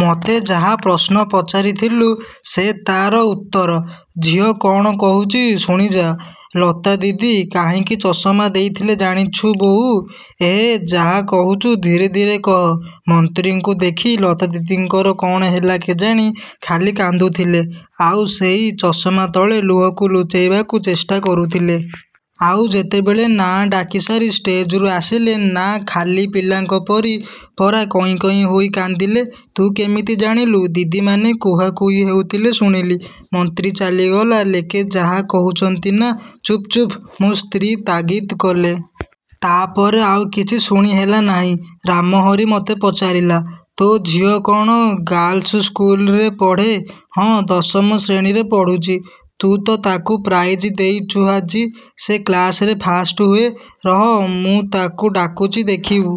ମୋତେ ଯାହା ପ୍ରଶ୍ନ। ପଚାରିଥିଲୁ ସେ ତା'ର ଉତ୍ତର। ଝିଅ କ'ଣ କହୁଛି ଶୁଣିଯା-। ଲତାଦିଦି କାହିଁକି ଚଷମା ଦେଇଥିଲେ ଜାଣିଛୁ ବୋଉ? ଏଃ, ଯାହା କହୁଛୁ ଧୀରେ ଧୀରେ କହ। ମନ୍ତ୍ରୀଙ୍କୁ ଦେଖି ଲତାଦିଦିଙ୍କର କ'ଣ ହେଲା କେଜାଣି ଖାଲି କାନ୍ଦୁଥିଲେ; ଆଉ ସେଇ ଚଷମା ତଳେ ଲୁହକୁ ଲୁଚେଇବାକୁ ଚେଷ୍ଟା କରୁଥିଲେ। ଆଉ ଯେତେବେଳେ ନାଆଁ ଡାକି ସାରି ଷ୍ଟେଜ୍ରୁ ଆସିଲେ ନା ଖାଲି ପିଲାଙ୍କ ପରି ପରା କଇଁ କଇଁ ହୋଇ କାନ୍ଦିଲେ। ତୁ କେମିତି ଜାଣିଲୁ? ଦିଦିମାନେ କୁହାକୁହି ହେଉଥିଲେ ଶୁଣିଲି। ମନ୍ତ୍ରୀ ଚାଲିଗଲା ଲେକେ ଯାହା କହୁଛନ୍ତି ନା "ଚୁପ୍ ଚୁପ୍" ମୋ' ସ୍ତ୍ରୀ ତାଗିଦ୍ କଲେ। ତା'ପରେ ଆଉ କିଛି ଶୁଣି ହେଲା ନାହିଁ। ରାମହରି ମୋତେ ପଚାରିଲା-ତୋ ଝିଅ କ'ଣ ଗାର୍ଲସ ସ୍କୁଲରେ ପଢ଼େ? ହଁ, ଦଶମ ଶ୍ରେଣୀରେ ପଢ଼ୁଛି। ତୁ ତ ତାକୁ ପ୍ରାଇଜ୍ ଦେଇଛୁ ଆଜି। ସେ କ୍ଲାସରେ ଫାଷ୍ଟ ହୁଏ। ରହ, ମୁଁ ତାକୁ ଡାକୁଛି ଦେଖିବୁ।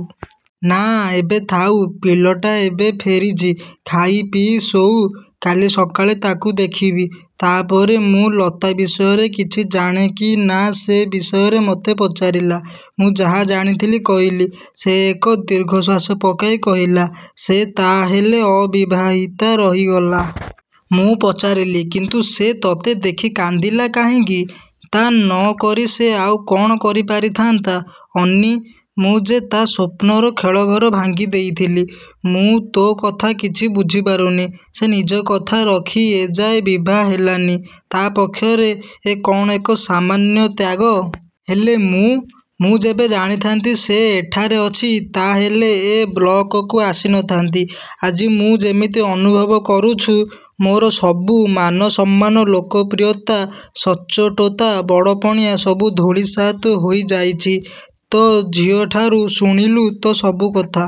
ନା, ଏବେ ଥାଉ। ପିଲଟା ଏବେ ଫେରିଛି। ଖାଇପିଇ ଶୋଉ। କାଲି ସକାଳେ ତାକୁ ଦେଖିବି। ତା'ପରେ ମୁଁ ଲତା ବିଷୟରେ କିଛି ଜାଣେ କି ନା ସେ ବିଷୟରେ ମୋତେ ପଚାରିଲା। ମୁଁ ଯାହା ଜାଣିଥିଲି କହିଲି। ସେ ଏକ ଦୀର୍ଘଶ୍ଵାସ ପକାଇ କହିଲା-ସେ ତା'ହେଲେ ଅବିବାହିତା ରହିଗଲା? ମୁଁ ପଚାରିଲି-କିନ୍ତୁ ସେ ତୋତେ ଦେଖି କାନ୍ଦିଲା କାହିଁକି? -ତା' ନକରି ସେ ଆଉ କ'ଣ କରିପାରିଥାନ୍ତା। ଅନି? ମୁଁ ଯେ ତା' ସ୍ଵପ୍ନର ଖେଳଘର ଭାଙ୍ଗି ଦେଇଥିଲି। ମୁଁ ତୋ' କଥା କିଛି ବୁଝିପାରୁନି। ସେ ନିଜକଥା ରଖି ଏ ଯାଏ ବିଭାହେଲାନି, ତା'ପକ୍ଷରେ ଏ କ'ଣ ଏକ ସାମାନ୍ୟ ତ୍ୟାଗ-? ହେଲେ ମୁଁ? ମୁଁ ଯେବେ ଜାଣିଥାନ୍ତି ସେ ଏଠାରେ ଅଛି ତା'ହେଲେ ଏ ବ୍ଲକକୁ ଆସି ନଥାନ୍ତି-। ଆଜି ମୁଁ ଯେମିତି ଅନୁଭବ କରୁଛୁ ମୋର ସବୁ ମାନ ସମ୍ମାନ, ଲୋକପ୍ରିୟତା, ସଚ୍ଚୋଟତା ବଡ଼ପଣିଆ ସବୁ ଧୂଳିସାତ୍ ହୋଇଯାଇଛି। ତୋ' ଝିଅଠାରୁ ଶୁଣିଲୁ ତ ସବୁ କଥା।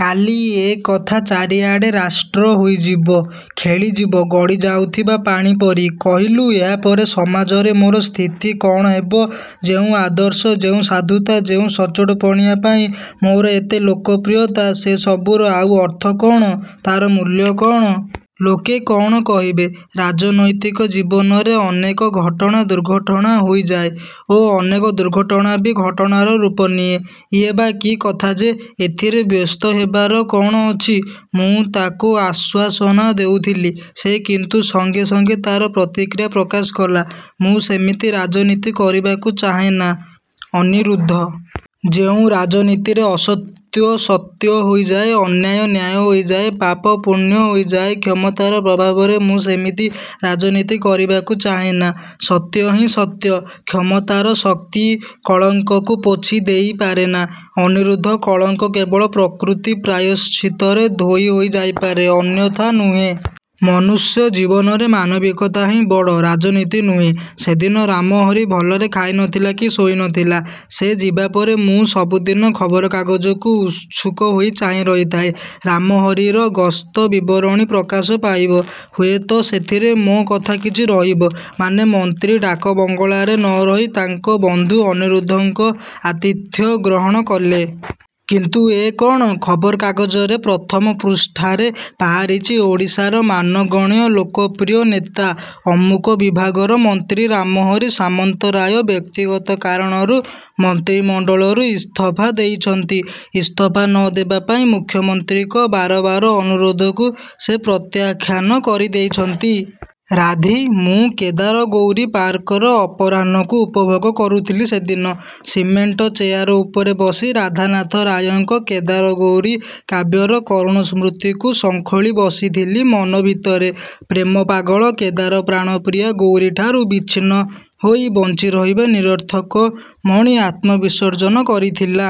କାଲି ଏ କଥା ଚାରିଆଡ଼େ ରାଷ୍ଟ୍ର ହୋଇଯିବ-ଖେଳିଯିବ ଗଡ଼ିଯାଉଥିବା ପାଣି ପରି। କହିଲୁ-ଏହାପରେ ସମାଜରେ ମୋର ସ୍ଥିତି କ'ଣ ହେବ? ଯେଉଁ ଆଦର୍ଶ, ଯେଉଁ ସାଧୁତା, ଯେଉଁ ସଚ୍ଚୋଟପଣିଆ ପାଇଁ ମୋର ଏତେ ଲୋକପ୍ରିୟତା ସେ ସବୁର ଆଉ ଅର୍ଥ କ'ଣ? ତା'ର ମୂଲ୍ୟ କ'ଣ? ଲୋକେ କ'ଣ କହିବେ? 'ରାଜନୈତିକ ଜୀବନରେ ଅନେକ ଘଟଣା ଦୁର୍ଘଟଣା ହୋଇଯାଏ ଓ ଅନେକ ଦୁର୍ଘଟଣା ବି ଘଟଣାର ରୂପ ନିଏ। ଇଏ ବା କି କଥା ଯେ ଏଥିରେ ବ୍ୟସ୍ତ ହେବାର କ'ଣ ଅଛି? -ମୁଁ ତାକୁ ଆଶ୍ଵାସନା ଦେଉଥିଲି। ସେ କିନ୍ତୁ ସଙ୍ଗେ ସଙ୍ଗେ ତା'ର ପ୍ରତିକ୍ରିୟା ପ୍ରକାଶ କଲା- 'ମୁଁ ସେମିତି ରାଜନୀତି କରିବାକୁ ଚାହେଁନା ଅନିରୁଦ୍ଧ। ଯେଉଁ ରାଜନୀତିରେ ଅସତ୍ୟ ସତ୍ୟ ହୋଇଯାଏ, ଅନ୍ୟାୟ ନ୍ୟାୟ ହୋଇଯାଏ, ପାପ ପୁଣ୍ୟ ହୋଇଯାଏ, କ୍ଷମତାର ପ୍ରଭାବରେ ମୁଁ ସେମିତି ରାଜନୀତି କରିବାକୁ ଚାହେଁନା। ସତ୍ୟ ହିଁ ସତ୍ୟ। କ୍ଷମତାର ଶକ୍ତି କଳଙ୍କକୁ ପୋଛି ଦେଇ ପାରେନା ଅନିରୁଦ୍ଧ, କଳଙ୍କ କେବଳ ପ୍ରକୃତି ପ୍ରାୟଶ୍ଚିତରେ ଧୋଇ ହୋଇ ଯାଇପାରେ, ଅନ୍ୟଥା ନୁହେଁ। ମନୁଷ୍ୟ ଜୀବନରେ ମାନବିକତା ହିଁ ବଡ଼-ରାଜନୀତି ନୁହେଁ। ସେଦିନ ରାମହରି ଭଲରେ ଖାଇ ନଥିଲା କି ଶୋଇ ନଥିଲା। ସେ ଯିବାପରେ ମୁଁ ସବୁଦିନ ଖବର କାଗଜକୁ ଉତ୍ସୁକ ହୋଇ ଚାହିଁ ରହିଥାଏ-ରାମହରିର ଗସ୍ତ ବିବରଣୀ ପ୍ରକାଶ ପାଇବ-ହୁଏତ ସେଥିରେ ମୋ' କଥା କିଛି ରହିବ, ମାନେ ମନ୍ତ୍ରୀ ଡାକବଙ୍ଗଳାରେ ନରହି ତାଙ୍କ ବନ୍ଧୁ ଅନିରୁଦ୍ଧଙ୍କ ଆତିଥ୍ୟ ଗ୍ରହଣ କଲେ। କିନ୍ତୁ ଏ କ'ଣ? ଖବର କାଗଜରେ ପ୍ରଥମ ପୃଷ୍ଠାରେ ବାହାରିଛି-"ଓଡ଼ିଶାର ମାନଗଣ୍ୟ ଲୋକପ୍ରିୟ ନେତା, ଅମୁକ ବିଭାଗର ମନ୍ତ୍ରୀ ରାମହରି ସାମନ୍ତରାୟ ବ୍ୟକ୍ତିଗତ କାରଣରୁ ମନ୍ତ୍ରୀମଣ୍ଡଳରୁ ଇସ୍ତଫା ଦେଇଛନ୍ତି। ଇସ୍ତଫା ନ ଦେବା ପାଇଁ ମୁଖ୍ୟମନ୍ତ୍ରୀଙ୍କ ବାର ବାର ଅନୁରୋଧକୁ ସେ ପ୍ରତ୍ୟାଖ୍ୟାନ କରି ଦେଇଛନ୍ତି। " ରାଧି ମୁଁ କେଦାର-ଗୌରୀ ପାର୍କର ଅପରାହ୍ନକୁ ଉପଭୋଗ କରୁଥିଲି ସେଦିନ। ସିମେଣ୍ଟ ଚେୟାର ଉପରେ ବସି ରାଧାନାଥ ରାୟଙ୍କ କେଦାର-ଗୌରୀ କାବ୍ୟର କରୁଣ ସ୍ମୃତିକୁ ଶଙ୍ଖୋଳି ବସିଥିଲି ମନ ଭିତରେ। ପ୍ରେମ ପାଗଳ କେଦାର ପ୍ରାଣପ୍ରିୟା ଗୌରୀଠାରୁ ବିଚ୍ଛିନ୍ନ ହୋଇ ବଞ୍ଚି ରହିବା ନିରର୍ଥକ ମଣି ଆତ୍ମବିସର୍ଜନ କରିଥିଲା।